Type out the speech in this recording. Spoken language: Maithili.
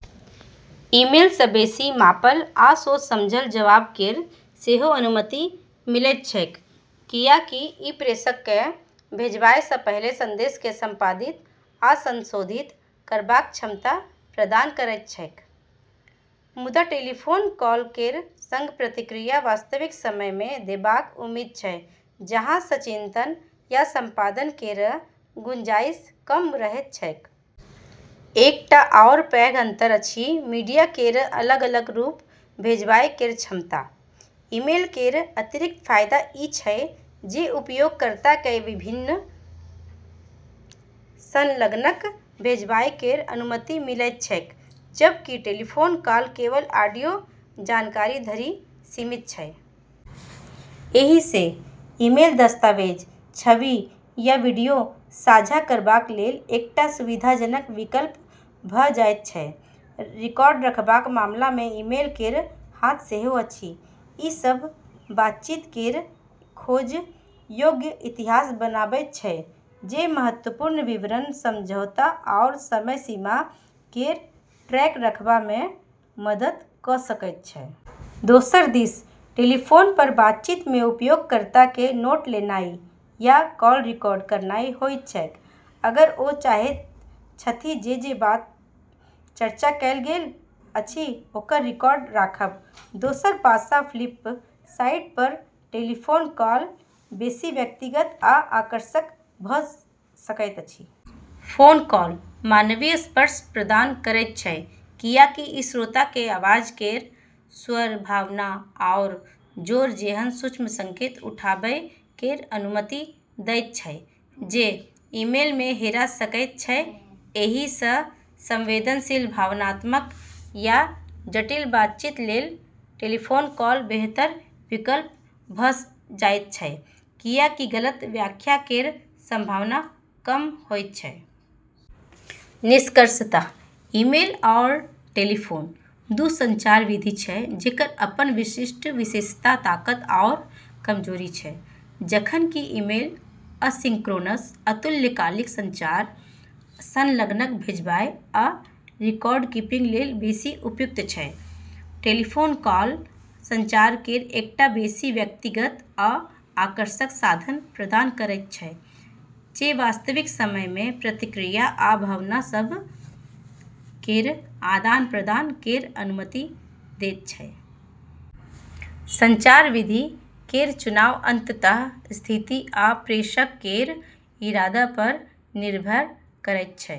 ईमेल सँ बेसि मापल आ सोचल-समझल जवाब केर सेहो अनुमति मिलैत छैक, कियाकि ई प्रेषक केँ भेजबाय सँ पहिले संदेश केँ संपादित आ संशोधित करबाक क्षमता प्रदान करैत छैक। मुदा टेलीफोन कॉल केर संग प्रतिक्रिया वास्तविक समय मे देबाक उम्मीद छै, जाहि सँ चिंतन या संपादन केर गुंजाइश कम रहैत छैक। एकटा आओर पैघ अंतर अछि मीडिया केर अलग-अलग रूप भेजबाय केर क्षमता। ईमेल केर अतिरिक्त फायदा ई छै जे उपयोगकर्ता केँ विभिन्न संलग्नक भेजबाय केर अनुमति मिलैत छैक, जबकि टेलीफोन कॉल केवल ऑडियो जानकारी धरि सीमित छै। एहि सँ ईमेल दस्तावेज, छवि, या वीडियो साझा करबाक लेल एकटा सुविधाजनक विकल्प भऽ जाइत छै। रिकॉर्ड रखबाक मामला मे ईमेल केर हाथ सेहो अछि। ई सभ बातचीत केर खोज योग्य इतिहास बनाबैत छै, जे महत्वपूर्ण विवरण, समझौता आओर समय सीमा केर ट्रैक रखबा मे मदद कऽ सकैत छै। दोसर दिस टेलीफोन पर बातचीत मे उपयोगकर्ता केँ नोट लेनाइ या कॉल रिकॉर्ड करनाइ होइत छैक अगर ओ चाहैत छथि जे जे बात चर्चा कएल गेल अछि ओकर रिकॉर्ड राखब। दोसर पासा फ्लिप साइड पर टेलीफोन कॉल बेसी व्यक्तिगत आ आकर्षक भऽ सकैत अछि। फोन कॉल मानवीय स्पर्श प्रदान करैत छै, कियाकि ई श्रोता केँ आवाज केर स्वर, भावना, आओर जोर जेहन सूक्ष्म संकेत उठाबै केर अनुमति दैत छै, जे ईमेल मे हेरा सकैत छै। एहि सँ संवेदनशील, भावनात्मक या जटिल बातचीत लेल टेलीफोन कॉल बेहतर विकल्प भऽ जाइत छै, कियाकि गलत व्याख्या केर संभावना कम होइत छै। निष्कर्षतः ईमेल आओर टेलीफोन दू संचार विधि छै जेकर अपन विशिष्ट विशेषता, ताकत आओर कमजोरी छै। जखन कि ईमेल असिंक्रोनस अतुल्यकालिक संचार, संलग्नक भेजबाय, आ रिकॉर्ड-कीपिंग लेल बेसि उपयुक्त छै; टेलीफोन कॉल संचार केर एकटा बेसि व्यक्तिगत आ आकर्षक साधन प्रदान करैत छै जे वास्तविक समय मे प्रतिक्रिया आ भावना सभ केर आदान-प्रदान केर अनुमति दैत छै। संचार विधि केर चुनाव अंततः स्थिति आ प्रेषक केर इरादा पर निर्भर करैत छै।